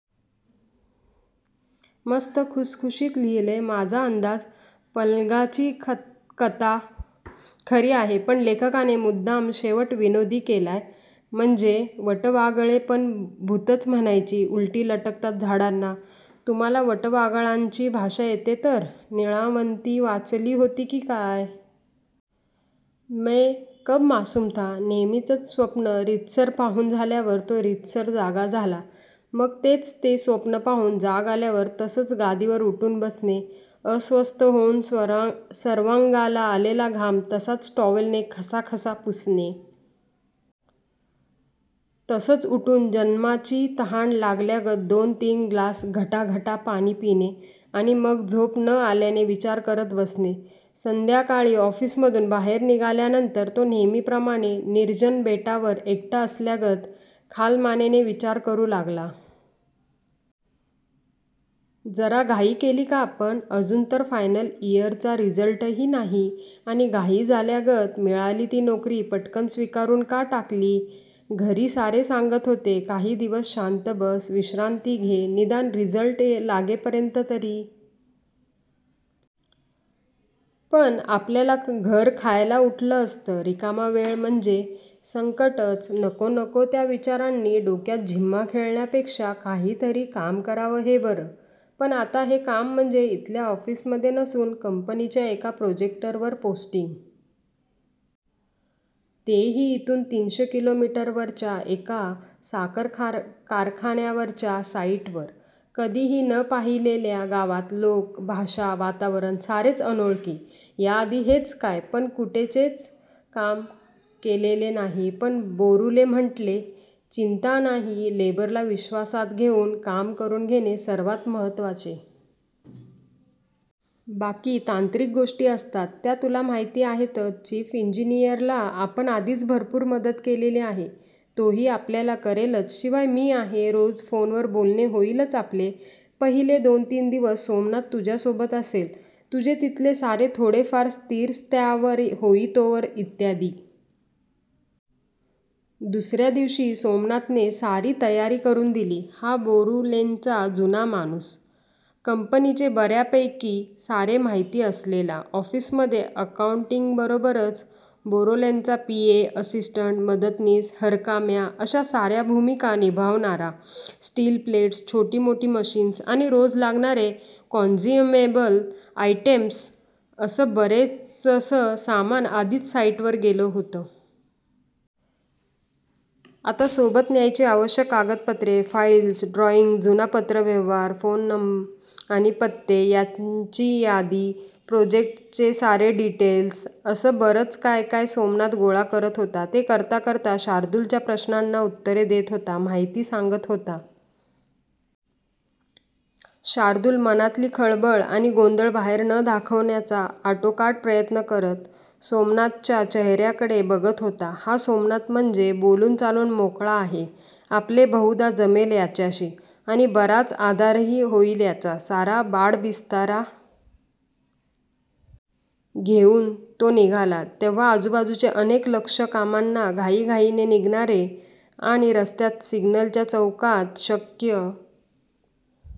मस्त खुसखुशीत लिहिलंय. माझा अंदाज पलंगाची कथा खरी आहे, पण लेखकाने मुद्दाम शेवट विनोदी केलाय, म्हणजे वटवाघळे पण भुतंच म्हणायची. उलटी लटकतात झाडांना. तुम्हाला वटवाघळांची भाषा येते तर? निळावंती वाचली होती की काय? मैं कब मासूम था? नेहमीचंच स्वप्न रीतसर पाहून झाल्यावर तो रीतसर जागा झाला. मग तेच ते स्वप्न पाहून जाग आल्यावर तसंच गादीवर उठून बसणे. अस्वस्थ होऊन सर्वांगाला आलेला घाम तसाच टॉवेलने खसाखसा पुसणे. तसंच उठून जन्माची तहान लागल्यागत दोन तीन ग्लास घटाघटा पाणी पिणे. आणि मग झोप न आल्याने विचार करत बसणे. संध्याकाळी ऑफिसमधून बाहेर निघाल्यानंतर तो नेहमीप्रमाणे निर्जन बेटावर एकटा असल्यागत खालमानेने विचार करू लागला. जरा घाई केली का आपण? अजून तर फायनल इयरचा रिझल्टही नाही. आणि घाई झाल्यागत मिळाली ती नोकरी पटकन स्वीकारून का टाकली? घरी सारे सांगत होते. काही दिवस शांत बस. विश्रांती घे. निदान रिझल्ट लागेपर्यंत तरी. पण आपल्याला घर खायला उठलं असतं. रिकामा वेळ म्हणजे संकटच. नको नको त्या विचारांनी डोक्यात झिम्मा खेळण्यापेक्षा काहीतरी काम करावं, हे बरं. पण आता हे काम म्हणजे इथल्या ऑफिसमध्ये नसून कंपनीच्या एका प्रोजेक्टवर पोस्टिंग. तेही इथून तीनशे किलोमीटरवरच्या एका साखर कारखान्यावरच्या साईटवर. कधीही न पाहिलेल्या गावात. लोक, भाषा, वातावरण, सारेच अनोळखी. याआधी हेच काय, पण कुठचेच काम केलेले नाही. पण बोरूले म्हटले, चिंता नाही. लेबरला विश्वासात घेऊन काम करून घेणे सर्वात महत्त्वाचे. बाकी तांत्रिक गोष्टी असतात, त्या तुला माहिती आहेतच. चीफ इंजिनियरला आपण आधीच भरपूर मदत केलेली आहे. तोही आपल्याला करेलच. शिवाय मी आहे. रोज फोनवर बोलणे होईलच आपले. पहिले दोन तीन दिवस सोमनाथ तुझ्यासोबत असेल, तुझे तिथले सारे थोडेफार स्थिरस्थावर होईतोवर, इत्यादी. दुसऱ्या दिवशी सोमनाथने सारी तयारी करून दिली. हा बोरूलेंचा जुना माणूस. कंपनीचे बऱ्यापैकी सारे माहिती असलेला. ऑफिसमध्ये अकाऊंटिंगबरोबरच बोरूलेंचा पीए, असिस्टंट, मदतनीस, हरकाम्या, अशा साऱ्या भूमिका निभावणारा. स्टील प्लेट्स, छोटी मोठी मशिन्स आणि रोज लागणारे काँन्झ्युमेबल आयटेम्स, असं बरंचसं सामान आधीच साईटवर गेलं होतं. आता सोबत न्यायची आवश्यक कागदपत्रे, फाईल्स, ड्रॉईंग्ज, जुना पत्रव्यवहार, फोन नं. आणि पत्ते यांची यादी, प्रोजेक्टचे सारे डिटेल्स, असं बरंच काय काय सोमनाथ गोळा करत होता. ते करता करता शार्दूलच्या प्रश्नांना उत्तरे देत होता, माहिती सांगत होता. शार्दूल मनातली खळबळ आणि गोंधळ बाहेर न दाखवण्याचा आटोकाट प्रयत्न करत सोमनाथच्या चेहऱ्याकडे बघत होता. हा सोमनाथ म्हणजे बोलून चालून मोकळा आहे. आपले बहुधा जमेल याच्याशी. आणि बराच आधारही होईल याचा. सारा बाडबिस्तरा घेऊन तो निघाला, तेव्हा आजूबाजूचे अनेक लक्ष कामांना घाईघाईने निघणारे आणि रस्त्यांत, सिग्नलच्या चौकांत शक्य